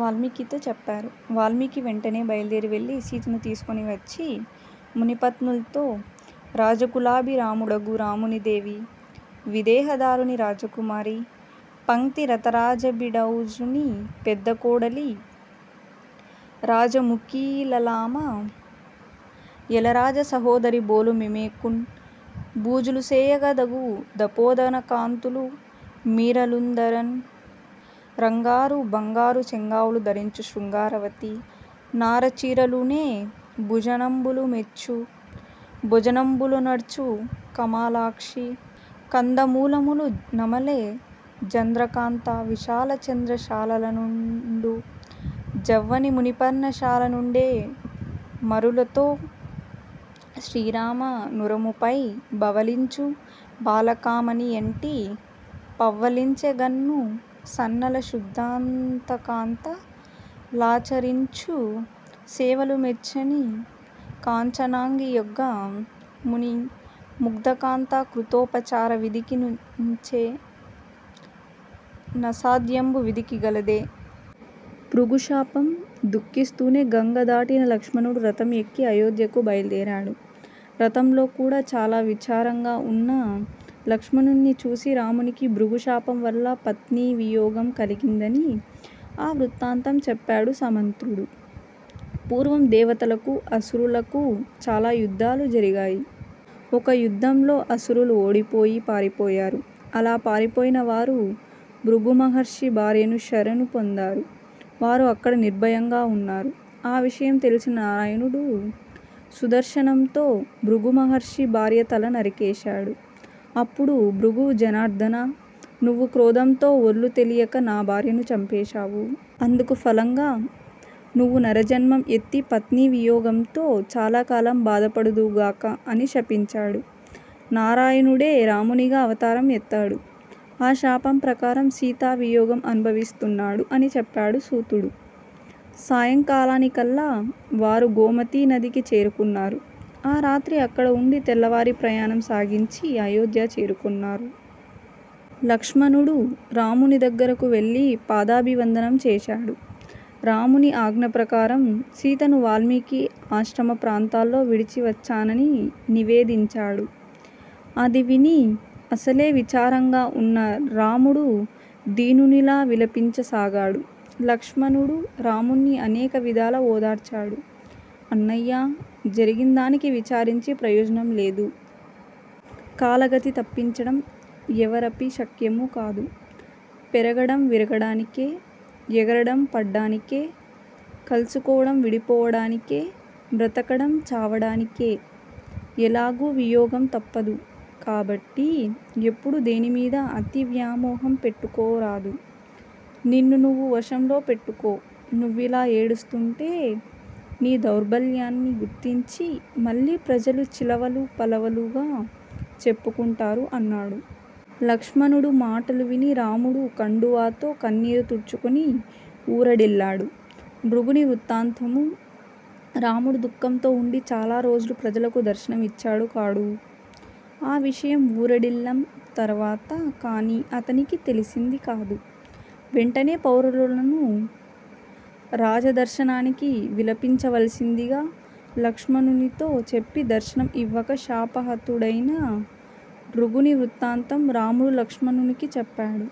వాల్మీకితో చెప్పారు. వాల్మీకి వెంటనే బైల్దేరి వెళ్లి సీతను తీసుకొని వచ్చి మునిపత్నుల్తో రాజకులాభి రాముడగు రామునిదేవి, విదేహ ధారుణీ రాజకుమారి, పంక్తి రథరాజబిడౌజుని పెద్ద కోడలీ రాజముఖీలలామ, యలరాజ సహోదరి బోలు మీమెకున్ బూజులు సేయగా దగు దపోధనకాంతలు మీరలందరున్ రంగారు బంగారు చెంగావులు ధరించు శృంగారవతి నార చీరలూనె భూజనంబులు మెచ్చు భోజనంబులొనర్చు కమాలాక్షి కందమూలములు నమలె జంద్రకాంత విశాలచంద్రశాలలనుండు జవ్వని మునిపర్ణశాల నుండె మరులుతో శ్రీరాము నురముపై బవళించు బాలకామణి యొంటి పవ్వళించె గన్ను సన్నల శుద్దాంతకాంత లాచ రించు సేవలు మెచ్చని కాంచనాంగి యొగ్గె ముని ముగ్దకాంతా కృతోపచార విధికి నెంచె నసాధ్యంబు విధికి గలదె? భృగుశాపం: దుఃఖిస్తునే గంగ దాటిన లక్ష్మణుడు రథం ఎక్కి అయోధ్యకు బైల్దేరాడు. రథంలో కూడా చాల విచారంగా వున్న లక్ష్మణుణ్ని చూసి రామునికి భృగు శాపం వల్ల పత్నీ వియోగం కలిగిందని ఆ వృత్తాంతం చెప్పాడు సమంత్రుడు. పూర్వం దేవతలకూ అసురులకూ చాలా యుద్దాలు జరిగాయి. ఒక యుద్దంలో అసురులు ఓడిపోయి పారిపోయారు. అలా పారిపోయినవారు భృగు మహర్షి భార్యను శరణు పొందారు. వారు అక్కడ నిర్బయంగా వున్నారు. ఆ విషయం తెలిసిన నారాయణుడు సుదర్శనంతో భృగుమహర్షి భార్య తల నరికేశాడు. అప్పుడు భృగువు జనార్దనా! నువ్వు క్రోధంతో ఒళ్ళు తెలియక నా భార్యను చంపేశావు. అందుకు ఫలంగా నువ్వు నరజన్మం ఎత్తి పత్నీ వియోగంతో చాలాకాలం బాధపడుదువుగాక అని శపించాడు. నారాయణుడే రామునిగా అవతారం ఎత్తాడు. ఆ శాపం ప్రకారం సీతా వియోగం అనుభవిస్తున్నాడు అని చెప్పాడు సూతుడు. సాయంకాలానికల్లా వారు గోమతీ నదికి చేరుకున్నారు. ఆ రాత్రి అక్కడ వుండి తెల్లవారి ప్రయాణం సాగించి అయోధ్య చేరుకొన్నారు. లక్ష్మణుడు రాముని దగ్గరికి వెళ్ళి పాదాభివందనం చేశాడు. రాముని ఆజ్ఞ ప్రకారం సీతను వాల్మీకి ఆశ్రమ ప్రాంతాల్లో విడిచివచ్చానని నివేదించాడు. అది విని అసలే విచారంగా వున్న రాముడు దీనునిలా విలపించసాగాడు. లక్ష్మణుడు రాముణ్ని అనేక విధాల ఓదార్చాడు. అన్నయ్యా! జరిగిందానికి విచారించి ప్రయోజనం లేదు. కాలగతి తప్పించడం ఎవరపి శక్యమూ కాదు. పెరగడం విరగడానికే. ఎగరడం పడ్డానికే. కలుసుకోవడం విడిపోవడానికే. బ్రతకడం చావడానికే. ఎలాగూ వియోగం తప్పదు. కాబట్టి ఎప్పుడూ దేనిమీదా అతి వ్యామోహం పెట్టుకోరాదు. నిన్ను నువ్వు వశంలో పెట్టుకో. నువ్విలా ఏడుస్తుంటే నీ దౌర్భల్యాన్ని గురించి మళ్ళీ ప్రజలు చిలవలు పలవలుగా చెప్పుకుంటారు అన్నాడు. లక్ష్మణుడు మాటలు విని రాముడు కండువాతో కన్నీరు తుడుచుకొని ఊరడిల్లాడు. నృగుని వృత్తాంతము: రాముడు దుఃఖంలో వుండి చాల రోజులు ప్రజలకు దర్శనం ఇచ్చాడు కాడు. ఆ విషయం ఊరడిల్లిం తర్వాత కాని అతనికి తెలిసింది కాదు. వెంటనే పౌరులను రాజదర్శనానికి విలిపించవలసిందిగా లక్ష్మణునితో చెప్పి దర్శనం ఇవ్వక శాపహతుడైన నృగుని వృత్తాంతం రాముడు లక్ష్మణునికి చెప్పాడు.